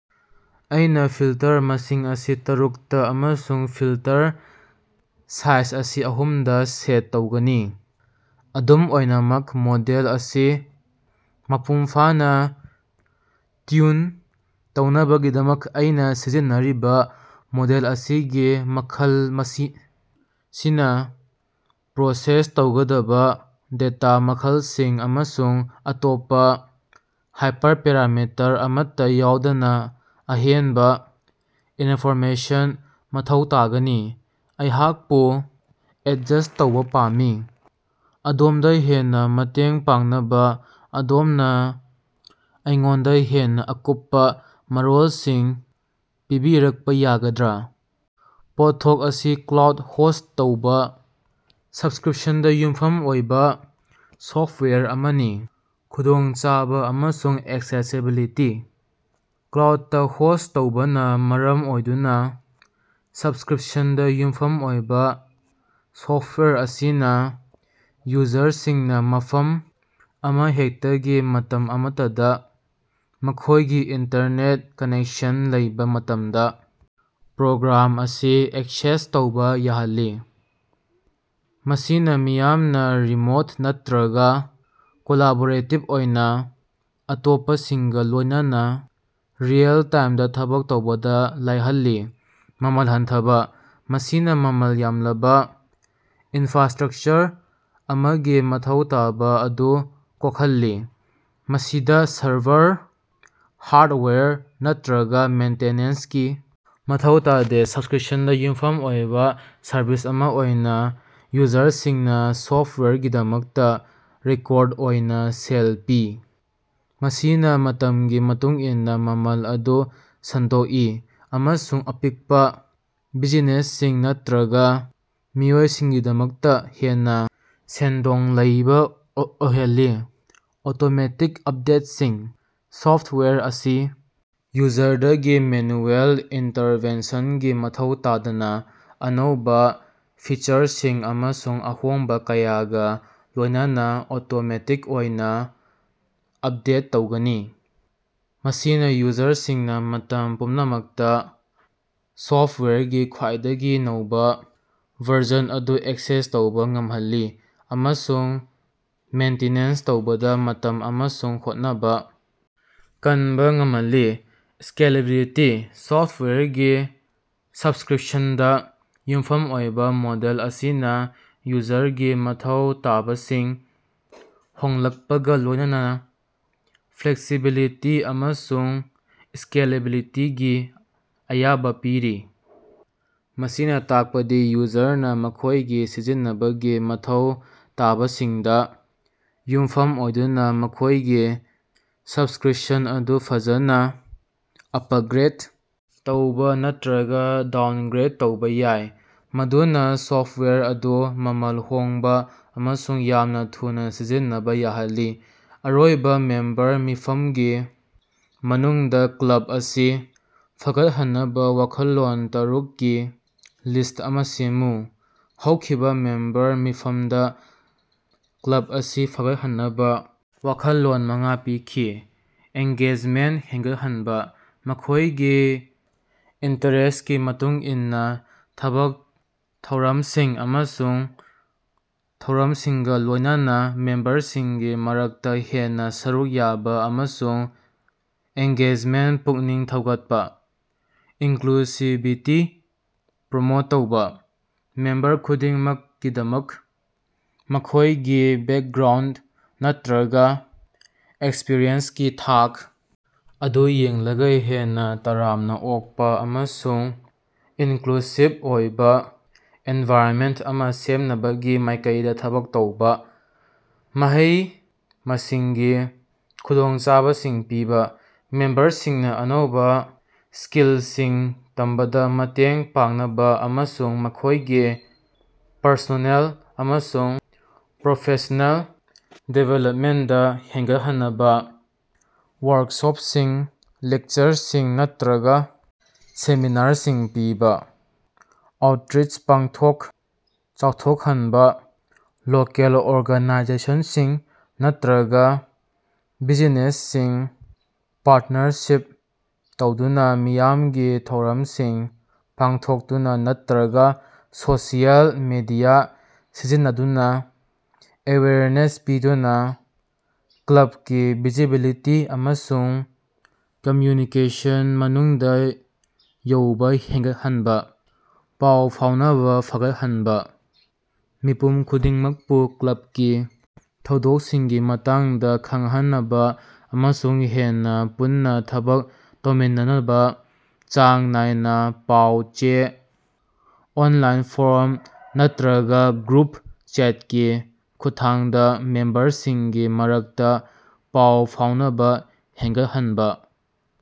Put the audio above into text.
ꯑꯩꯅ ꯐꯤꯜꯇꯔ ꯃꯁꯤꯡ ꯑꯁꯤ ꯇꯔꯨꯛꯇ ꯑꯃꯁꯨꯡ ꯐꯤꯜꯇꯔ ꯁꯥꯏꯖ ꯑꯁꯤ ꯑꯍꯨꯝꯗ ꯁꯦꯠ ꯇꯧꯒꯅꯤ꯫ ꯑꯗꯨꯝ ꯑꯣꯏꯅꯃꯛ ꯃꯣꯗꯦꯜ ꯑꯁꯤ ꯃꯄꯨꯡ ꯐꯥꯅ ꯇ꯭ꯌꯨꯟ ꯇꯧꯅꯕꯒꯤꯗꯃꯛꯇ ꯑꯩꯅ ꯁꯤꯖꯤꯟꯅꯔꯤꯕ ꯃꯣꯗꯦꯜ ꯑꯁꯤꯒꯤ ꯃꯈꯜ ꯃꯁꯤꯅ ꯄ꯭ꯔꯣꯁꯦꯁ ꯇꯧꯒꯗꯕ ꯗꯦꯇꯥ ꯃꯈꯜꯁꯤꯡ ꯑꯃꯁꯨꯡ ꯑꯇꯣꯞꯄ ꯍꯥꯏꯄꯔꯄꯦꯔꯥꯃꯤꯇꯔ ꯑꯃꯠꯇ ꯌꯥꯎꯗꯅ ꯑꯍꯦꯟꯕ ꯏꯅꯐꯣꯔꯃꯦꯁꯟ ꯃꯊꯧ ꯇꯥꯒꯅꯤ꯫ ꯑꯩꯍꯥꯛꯄꯨ ꯑꯦꯗꯖꯁ꯭ꯠ ꯇꯧꯕ ꯄꯥꯝꯃꯤ꯫ ꯑꯗꯣꯝꯗ ꯍꯦꯟꯅ ꯃꯇꯦꯡ ꯄꯥꯡꯅꯕ ꯑꯗꯣꯝꯅ ꯑꯩꯉꯣꯟꯗ ꯍꯦꯟꯅ ꯑꯀꯨꯞꯄ ꯃꯔꯣꯜꯁꯤꯡ ꯄꯤꯕꯤꯔꯛꯄ ꯌꯥꯒꯗ꯭ꯔꯥ? ꯄꯣꯠꯊꯣꯛ ꯑꯁꯤ ꯀ꯭ꯂꯥꯎꯗꯇ ꯍꯣꯁ꯭ꯠ ꯇꯧꯕ ꯁꯕꯁ꯭ꯀꯔꯤꯄꯁꯟꯗ ꯌꯨꯝꯐꯝ ꯑꯣꯏꯕ ꯁꯣꯐꯋꯦꯌꯔ ꯑꯃꯅꯤ꯫ ꯈꯨꯗꯣꯡꯆꯥꯕ ꯑꯃꯁꯨꯡ ꯑꯦꯛꯁꯦꯁꯤꯕꯤꯂꯤꯇꯤ: ꯀ꯭ꯂꯥꯎꯗꯇꯥ ꯍꯣꯁ꯭ꯠ ꯇꯧꯕꯅ ꯃꯔꯝ ꯑꯣꯏꯗꯨꯅꯥ ꯁꯕꯁ꯭ꯀꯔꯤꯄꯁꯟꯗ ꯌꯨꯝꯐꯝ ꯑꯣꯏꯕ ꯁꯣꯐꯋꯦꯌꯔ ꯑꯁꯤꯅ ꯌꯨꯖꯔꯁꯤꯡꯅ ꯃꯐꯝ ꯑꯃꯍꯦꯛꯇꯗꯒꯤ ꯃꯇꯝ ꯑꯃꯠꯇꯗ ꯃꯈꯣꯏꯒꯤ ꯏꯟꯇꯔꯅꯦꯠ ꯀꯅꯦꯛꯁꯟ ꯂꯩꯕꯥ ꯃꯇꯝꯗ ꯄ꯭ꯔꯣꯒ꯭ꯔꯥꯝ ꯑꯁꯤ ꯑꯦꯛꯁꯦꯁ ꯇꯧꯕ ꯌꯥꯍꯜꯂꯤ꯫ ꯃꯁꯤꯅ ꯃꯤꯌꯥꯝꯅ ꯔꯤꯃꯣꯠ ꯅꯠꯇ꯭ꯔꯒ ꯀꯣꯂꯥꯕꯣꯔꯦꯇꯤꯕ ꯑꯣꯏꯅ ꯑꯇꯣꯞꯄꯁꯤꯡꯒ ꯂꯣꯏꯅꯅ ꯔꯤꯑꯦꯜ-ꯇꯥꯏꯝꯗ ꯊꯕꯛ ꯇꯧꯕꯗ ꯂꯥꯏꯍꯜꯂꯤ꯫ ꯃꯃꯜ ꯍꯟꯊꯕ: ꯃꯁꯤꯅ ꯃꯃꯜ ꯌꯥꯝꯂꯕ ꯏꯅꯐ꯭ꯔꯥꯁ꯭ꯇꯔꯛꯆꯔ ꯑꯃꯒꯤ ꯃꯊꯧ ꯇꯥꯕ ꯑꯗꯨ ꯀꯣꯛꯍꯜꯂꯤ꯫ ꯃꯁꯤꯗ ꯁꯔꯚꯔ, ꯍꯥꯔꯗꯋꯦꯌꯔ, ꯅꯠꯇ꯭ꯔꯒ ꯃꯦꯟꯇꯦꯅꯦꯟꯁꯀꯤ ꯃꯊꯧ ꯇꯥꯗꯦ꯫ ꯁꯕꯁ꯭ꯀꯔꯤꯄꯁꯟꯗ ꯌꯨꯝꯐꯝ ꯑꯣꯏꯕ ꯁꯔꯚꯤꯁ ꯑꯃ ꯑꯣꯏꯅ ꯌꯨꯖꯔꯁꯤꯡꯅ ꯁꯣꯐꯇꯋꯥꯌꯔꯒꯤꯗꯃꯛꯇ ꯔꯤꯀꯣꯔꯗ ꯑꯣꯏꯅ ꯁꯦꯜ ꯄꯤ꯫ ꯃꯁꯤꯅ ꯃꯇꯝꯒꯤ ꯃꯇꯨꯡꯏꯟꯅ ꯃꯃꯜ ꯑꯗꯨ ꯁꯟꯗꯣꯛꯏ ꯑꯃꯁꯨꯡ ꯑꯄꯤꯛꯄ ꯕꯤꯖꯤꯅꯦꯁꯁꯤꯡ ꯅꯠꯇ꯭ꯔꯒ ꯃꯤꯑꯣꯏꯁꯤꯡꯒꯤꯗꯃꯛꯇ ꯍꯦꯟꯅ ꯁꯦꯟꯗꯣꯡ ꯂꯩꯕ ꯑꯣꯏꯍꯜꯂꯤ꯫ ꯑꯣꯇꯣꯃꯦꯇꯤꯛ ꯑꯄꯗꯦꯠꯁꯤꯡ: ꯁꯣꯐ꯭ꯇꯋꯦꯔ ꯑꯁꯤ ꯌꯨꯖꯔꯗꯒꯤ ꯃꯦꯅꯨꯑꯦꯜ ꯏꯟꯇꯔꯚꯦꯟꯁꯟꯒꯤ ꯃꯊꯧ ꯇꯥꯗꯅ ꯑꯅꯧꯕ ꯐꯤꯆꯔꯁꯤꯡ ꯑꯃꯁꯨꯡ ꯑꯍꯣꯡꯕ ꯀꯌꯥꯒ ꯂꯣꯏꯅꯅ ꯑꯣꯇꯣꯃꯦꯇꯤꯛ ꯑꯣꯏꯅ ꯑꯄꯗꯦꯠ ꯇꯧꯒꯅꯤ꯫ ꯃꯁꯤꯅ ꯌꯨꯖꯔꯁꯤꯡꯅ ꯃꯇꯝ ꯄꯨꯝꯅꯃꯛꯇ ꯁꯣꯐꯇꯋꯥꯌꯔꯒꯤ ꯈ꯭ꯋꯥꯏꯗꯒꯤ ꯅꯧꯕ ꯚꯔꯖꯟ ꯑꯗꯨ ꯑꯦꯛꯁꯦꯁ ꯇꯧꯕ ꯉꯝꯍꯜꯂꯤ꯫ ꯑꯃꯁꯨꯡ ꯃꯦꯟꯇꯤꯅꯦꯟꯁ ꯇꯧꯕꯗ ꯃꯇꯝ ꯑꯃꯁꯨꯡ ꯍꯣꯠꯅꯕ ꯀꯟꯕ ꯉꯝꯍꯜꯂꯤ꯫ ꯁ꯭ꯀꯦꯂꯦꯕꯤꯂꯤꯇꯤ: ꯁꯣꯐ꯭ꯇꯋꯦꯌꯔꯒꯤ ꯁꯕꯁ꯭ꯀꯔꯤꯄꯁꯟꯗ ꯌꯨꯝꯐꯝ ꯑꯣꯏꯕ ꯃꯣꯗꯦꯜ ꯑꯁꯤꯅ ꯌꯨꯖꯔꯒꯤ ꯃꯊꯧ ꯇꯥꯕꯁꯤꯡ ꯍꯣꯡꯂꯛꯄꯒ ꯂꯣꯏꯅꯅ ꯐ꯭ꯂꯦꯛꯁꯤꯕꯤꯂꯤꯇꯤ ꯑꯃꯁꯨꯡ ꯁ꯭ꯀꯦꯂꯦꯕꯤꯂꯤꯇꯤꯒꯤ ꯑꯌꯥꯕ ꯄꯤꯔꯤ꯫ ꯃꯁꯤꯅ ꯇꯥꯛꯄꯗꯤ ꯌꯨꯖꯔꯅꯥ ꯃꯈꯣꯏꯒꯤ ꯁꯤꯖꯤꯟꯅꯕꯒꯤ ꯃꯊꯧ ꯇꯥꯕꯁꯤꯡꯗ ꯌꯨꯝꯐꯝ ꯑꯣꯏꯗꯨꯅ ꯃꯈꯣꯏꯒꯤ ꯁꯕꯁ꯭ꯀꯔꯤꯄꯁꯟ ꯑꯗꯨ ꯐꯖꯅ ꯑꯄꯒ꯭ꯔꯦꯗ ꯇꯧꯕ ꯅꯠꯇ꯭ꯔꯒ ꯗꯥꯎꯅꯒ꯭ꯔꯦꯗ ꯇꯧꯕ ꯌꯥꯏ꯫ ꯃꯗꯨꯅꯥ ꯁꯣꯐꯇꯋꯦꯌꯔ ꯑꯗꯨ ꯃꯃꯜ ꯍꯣꯡꯕ ꯑꯃꯁꯨꯡ ꯌꯥꯝꯅꯥ ꯊꯨꯅ ꯁꯤꯖꯤꯟꯅꯕ ꯌꯥꯍꯜꯂꯤ꯫ ꯑꯔꯣꯏꯕ ꯃꯦꯝꯕꯔ ꯃꯤꯐꯝꯒꯤ ꯃꯅꯨꯡꯗ ꯀ꯭ꯂꯕ ꯑꯁꯤ ꯐꯒꯠꯍꯟꯅꯕ ꯋꯥꯈꯜꯂꯣꯟ ꯇꯔꯨꯛꯒꯤ ꯂꯤꯁ꯭ꯠ ꯑꯃ ꯁꯦꯝꯃꯨ꯫ ꯍꯧꯈꯤꯕ ꯃꯦꯝꯕꯔ ꯃꯤꯐꯝꯗ ꯀ꯭ꯂꯕ ꯑꯁꯤ ꯐꯒꯠꯍꯟꯅꯕ ꯋꯥꯈꯜꯂꯣꯟ ꯃꯉꯥ ꯄꯤꯈꯤ꯫ ꯑꯦꯡꯒꯦꯖꯃꯦꯟꯇ ꯍꯦꯟꯒꯠꯍꯟꯕ: ꯃꯈꯣꯏꯒꯤ ꯏꯟꯇꯔꯦꯁ꯭ꯇꯀꯤ ꯃꯇꯨꯡ ꯏꯟꯅ ꯊꯕꯛ ꯊꯧꯔꯝꯁꯤꯡ ꯑꯃꯁꯨꯡ ꯊꯧꯔꯝꯁꯤꯡꯒ ꯂꯣꯏꯅꯅ ꯃꯦꯝꯕꯔꯁꯤꯡꯒꯤ ꯃꯔꯛꯇ ꯍꯦꯟꯅ ꯁꯔꯨꯛ ꯌꯥꯕ ꯑꯃꯁꯨꯡ ꯑꯦꯡꯒꯦꯖꯃꯦꯟꯇ ꯄꯨꯛꯅꯤꯡ ꯊꯧꯒꯠꯄ꯫ ꯏꯟꯀ꯭ꯂꯨꯁꯤꯕꯤꯇꯤ ꯄ꯭ꯔꯃꯣꯠ ꯇꯧꯕ: ꯃꯦꯝꯕꯔ ꯈꯨꯗꯤꯡꯃꯛꯀꯤꯗꯃꯛ ꯃꯈꯣꯏꯒꯤ ꯕꯦꯀꯒ꯭ꯔꯥꯎꯟꯗ ꯅꯠꯇ꯭ꯔꯒ ꯑꯦꯛꯁꯄ꯭ꯔꯤꯌꯦꯟꯁꯀꯤ ꯊꯥꯛ ꯑꯗꯨ ꯌꯦꯡꯂꯒ ꯍꯦꯟꯅ ꯇꯔꯥꯝꯅ ꯑꯣꯛꯄ ꯑꯃꯁꯨꯡ ꯏꯅꯀ꯭ꯂꯨꯁꯤꯕ ꯑꯣꯏꯕꯥ ꯑꯦꯅꯚꯥꯏꯔꯅꯃꯦꯟꯇ ꯑꯃ ꯁꯦꯝꯅꯕꯒꯤ ꯃꯥꯏꯀꯩꯗ ꯊꯕꯛ ꯇꯧꯕ꯫ ꯃꯍꯩ-ꯃꯁꯤꯡꯒꯤ ꯈꯨꯗꯣꯡꯆꯥꯕꯁꯤꯡ ꯄꯤꯕ: ꯃꯦꯝꯕꯔꯁꯤꯡꯅ ꯑꯅꯧꯕ ꯁ꯭ꯀꯤꯜꯁꯤꯡ ꯇꯝꯕꯗ ꯃꯇꯦꯡ ꯄꯥꯡꯅꯕ ꯑꯃꯁꯨꯡ ꯃꯈꯣꯏꯒꯤ ꯄꯔꯁꯣꯅꯦꯜ ꯑꯃꯁꯨꯡ ꯄ꯭ꯔꯣꯐꯦꯁ꯭ꯅꯦꯜ ꯗꯤꯕꯦꯂꯄꯃꯦꯟꯇꯗ ꯍꯦꯟꯒꯠꯍꯟꯅꯕ ꯋꯥꯔꯛꯁꯣꯄꯁꯤꯡ ꯂꯦꯛꯆꯔꯁꯤꯡ ꯅꯠꯇ꯭ꯔꯒ ꯁꯦꯃꯤꯅꯥꯔꯁꯤꯡ ꯄꯤꯕ꯫ ꯑꯥꯎꯇ꯭ꯔꯤꯆ ꯄꯥꯡꯊꯣꯛ ꯆꯥꯎꯊꯣꯛꯍꯟꯕ: ꯂꯣꯀꯦꯜ ꯑꯣꯔꯒꯅꯥꯏꯖꯦꯁꯟꯁꯤꯡ ꯅꯠꯇ꯭ꯔꯒ ꯕꯤꯖꯤꯅꯦꯁꯁꯤꯡꯒ ꯄꯥꯔꯇꯅꯔꯁꯤꯞ ꯇꯧꯗꯨꯅ ꯃꯤꯌꯥꯝꯒꯤ ꯊꯧꯔꯝꯁꯤꯡ ꯄꯥꯡꯊꯣꯛꯇꯨꯅ ꯅꯠꯇ꯭ꯔꯒ ꯁꯣꯁꯤꯑꯦꯜ ꯃꯦꯗꯤꯌꯥ ꯁꯤꯖꯤꯟꯅꯗꯨꯅ ꯑꯦꯋꯦꯌꯔꯅꯦꯁ ꯄꯤꯗꯨꯅ ꯀ꯭ꯂꯕꯀꯤ ꯚꯤꯖꯤꯕꯤꯂꯤꯇꯤ ꯑꯃꯁꯨꯡ ꯀꯝꯌꯨꯅꯤꯇꯤꯒꯤ ꯃꯅꯨꯡꯗ ꯌꯧꯕ ꯍꯦꯟꯒꯠꯍꯟꯕ꯫ ꯄꯥꯎ ꯐꯥꯎꯅꯕ ꯐꯒꯠꯍꯟꯕ: ꯃꯤꯄꯨꯝ ꯈꯨꯗꯤꯡꯃꯛꯄꯨ ꯀ꯭ꯂꯕꯀꯤ ꯊꯧꯗꯣꯛꯁꯤꯡꯒꯤ ꯃꯇꯥꯡꯗ ꯈꯡꯍꯟꯅꯕ ꯑꯃꯁꯨꯡ ꯍꯦꯟꯅ ꯄꯨꯟꯅ ꯊꯕꯛ ꯇꯧꯃꯤꯟꯅꯅꯕ, ꯆꯥꯡ ꯅꯥꯏꯅꯥ ꯄꯥꯎ-ꯆꯦ, ꯑꯣꯅꯂꯥꯏꯟ ꯐꯣꯔꯝ ꯅꯠꯇ꯭ꯔꯒ ꯒ꯭ꯔꯨꯞ ꯆꯦꯠꯀꯤ ꯈꯨꯠꯊꯥꯡꯗ ꯃꯦꯝꯕꯔꯁꯤꯡꯒꯤ ꯃꯔꯛꯇꯥ ꯄꯥꯎ ꯐꯥꯎꯅꯕꯥ ꯍꯦꯟꯒꯠꯍꯟꯕꯢ